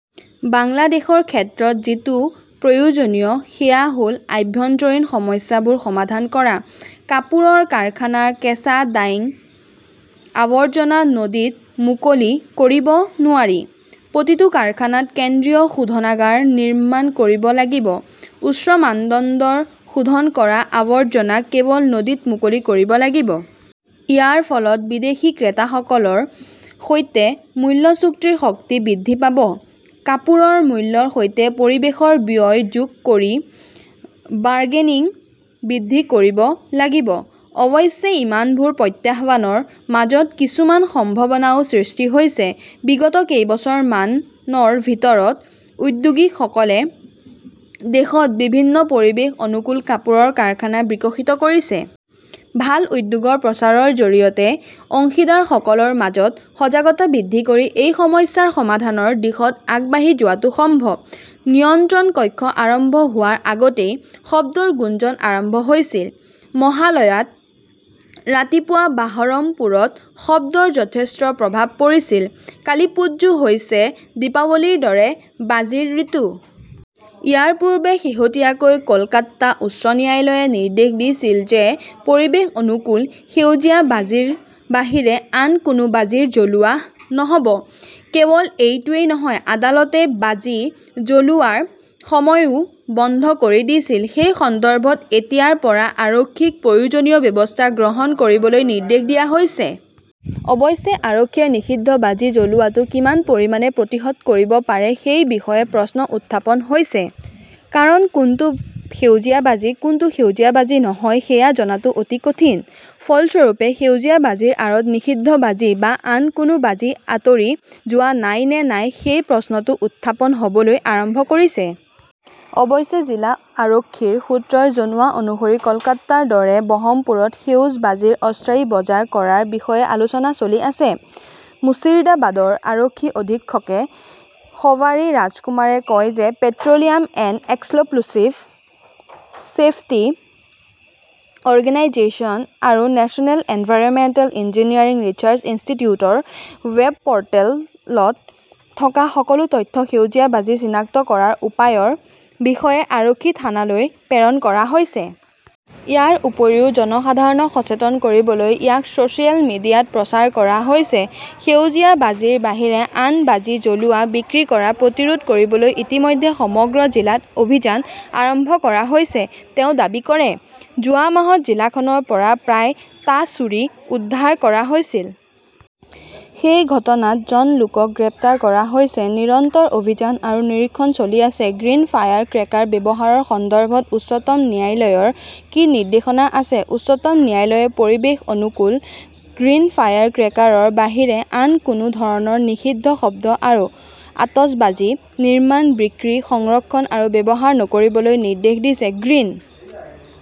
বাংলাদেশৰ ক্ষেত্ৰত যিটো প্ৰয়োজনীয় সেয়া হ "ল আভ্যন্তৰীণ সমস্যাবোৰ সমাধান কৰা। কাপোৰৰ কাৰখানাৰ কেঁচা ডাইং আৱৰ্জনা নদীত মুকলি কৰিব নোৱাৰি। প্ৰতিটো কাৰখানাত কেন্দ্ৰীয় শোধনাগাৰ নিৰ্মাণ কৰিব লাগিব। উচ্চ মানদণ্ডৰ শোধন কৰা আৱৰ্জনা কেৱল নদীত মুকলি কৰিব লাগিব। ইয়াৰ ফলত বিদেশী ক্ৰেতাসকলৰ সৈতে "মূল্য চুক্তিৰ শক্তি" বৃদ্ধি পাব। কাপোৰৰ মূল্যৰ সৈতে পৰিৱেশৰ ব্যয় যোগ কৰি বাৰ্গেনিং বৃদ্ধি কৰিব লাগিব। অৱশ্যে, ইমানবোৰ প্ৰত্যাহ্বানৰ মাজত কিছুমান সম্ভাৱনাও সৃষ্টি হৈছে। বিগত কেইবছৰমানৰ ভিতৰত উদ্যোগীসকলে দেশত বিভিন্ন পৰিৱেশ-অনুকূল কাপোৰৰ কাৰখানা বিকশিত কৰিছে। ভাল উদ্যোগৰ প্ৰচাৰৰ জৰিয়তে অংশীদাৰসকলৰ মাজত সজাগতা বৃদ্ধি কৰি এই সমস্যাৰ সমাধানৰ দিশত আগবাঢ়ি যোৱাটো সম্ভৱ। নিয়ন্ত্ৰণ কক্ষ আৰম্ভ হোৱাৰ আগতেই শব্দৰ গুঞ্জন আৰম্ভ হৈছিল! মহালয়াত ৰাতিপুৱা বাহৰমপুৰত শব্দৰ যথেষ্ট প্ৰভাৱ পৰিছিল। কালিপ্পুজো হৈছে দীপাৱলীৰ দৰে বাজিৰ ঋতু। ইয়াৰ পূৰ্বে শেহতীয়াকৈ কলকাতা উচ্চ ন্যায়ালয়ে নিৰ্দেশ দিছিল যে পৰিৱেশ অনুকূল সেউজীয়া বাজিৰ বাহিৰে আন কোনো বাজি জ্বলোৱা নহ 'ব। কেৱল এইটোৱেই নহয়, আদালতে বাজি জ্বলোৱাৰ সময়ও বন্ধ কৰি দিছিল। সেই সন্দৰ্ভত এতিয়াৰ পৰা আৰক্ষীক প্ৰয়োজনীয় ব্যৱস্থা গ্ৰহণ কৰিবলৈ নিৰ্দেশ দিয়া হৈছে। অৱশ্যে, আৰক্ষীয়ে নিষিদ্ধ বাজি জ্বলোৱাটো কিমান পৰিমাণে প্ৰতিহত কৰিব পাৰে সেই বিষয়ে প্ৰশ্ন উত্থাপন হৈছে। কাৰণ কোনটো সেউজীয়া বাজি, কোনটো সেউজীয়া বাজি নহয় সেয়া জনাটো অতি কঠিন। ফলস্বৰূপে, সেউজীয়া বাজিৰ আঁৰত নিষিদ্ধ বাজি বা আন কোনো বাজি আঁতৰি যোৱা নাই নে নাই সেই প্ৰশ্নটো উত্থাপন হ "বলৈ আৰম্ভ কৰিছে। অৱশ্যে, জিলা আৰক্ষীৰ সূত্ৰই জনোৱা অনুসৰি কলকাতাৰ দৰে বহৰমপুৰত সেউজ বাজিৰ অস্থায়ী বজাৰ কৰাৰ বিষয়ে আলোচনা চলি আছে। মুৰ্ছিদাবাদৰ আৰক্ষী অধীক্ষক কে শবাৰী ৰাজকুমাৰে কয় যে "petroleum and explosive safety organisation আৰু নেচনেল এনভাইৰনমেণ্টেল ইঞ্জিনিয়াৰিং ৰিচাৰ্চ ইনষ্টিটিউটৰ ৱেব পোৰ্টেলত থকা সকলো তথ্য সেউজ বাজি চিনাক্ত কৰাৰ উপায়ৰ বিষয়ে আৰক্ষী থানালৈ প্ৰেৰণ কৰা হৈছে। ইয়াৰ উপৰিও জনসাধাৰণক সচেতন কৰিবলৈ ইয়াক ছ "চিয়েল মিডিয়াত প্ৰচাৰ কৰা হৈছে। "সেউজীয়া বাজিৰ বাহিৰে আন বাজি জ্বলোৱা, বিক্ৰী কৰা প্ৰতিৰোধ কৰিবলৈ ইতিমধ্যে সমগ্ৰ জিলাত অভিযান আৰম্ভ কৰা হৈছে", তেওঁ দাবী কৰে। যোৱা মাহত জিলাখনৰ পৰা প্ৰায়, টা চুৰি উদ্ধাৰ কৰা হৈছিল। সেই ঘটনাত জন লোকক গ্ৰেপ্তাৰ কৰা হৈছে। নিৰন্তৰ অভিযান আৰু নিৰীক্ষণ চলি আছে। "গ্ৰীণ ফায়াৰ ক্ৰেকাৰ ব্যৱহাৰৰ সন্দৰ্ভত উচ্চতম ন্যায়ালয়ৰ কি নিৰ্দেশনা আছে? উচ্চতম ন্যায়ালয়ে পৰিৱেশ অনুকূল 'গ্ৰীণ ফায়াৰ ক্ৰেকাৰ "ৰ বাহিৰে আন কোনো ধৰণৰ নিষিদ্ধ শব্দ আৰু আতচবাজী নিৰ্মাণ, বিক্ৰী, সংৰক্ষণ আৰু ব্যৱহাৰ নকৰিবলৈ নিৰ্দেশ দিছে। গ্ৰীণ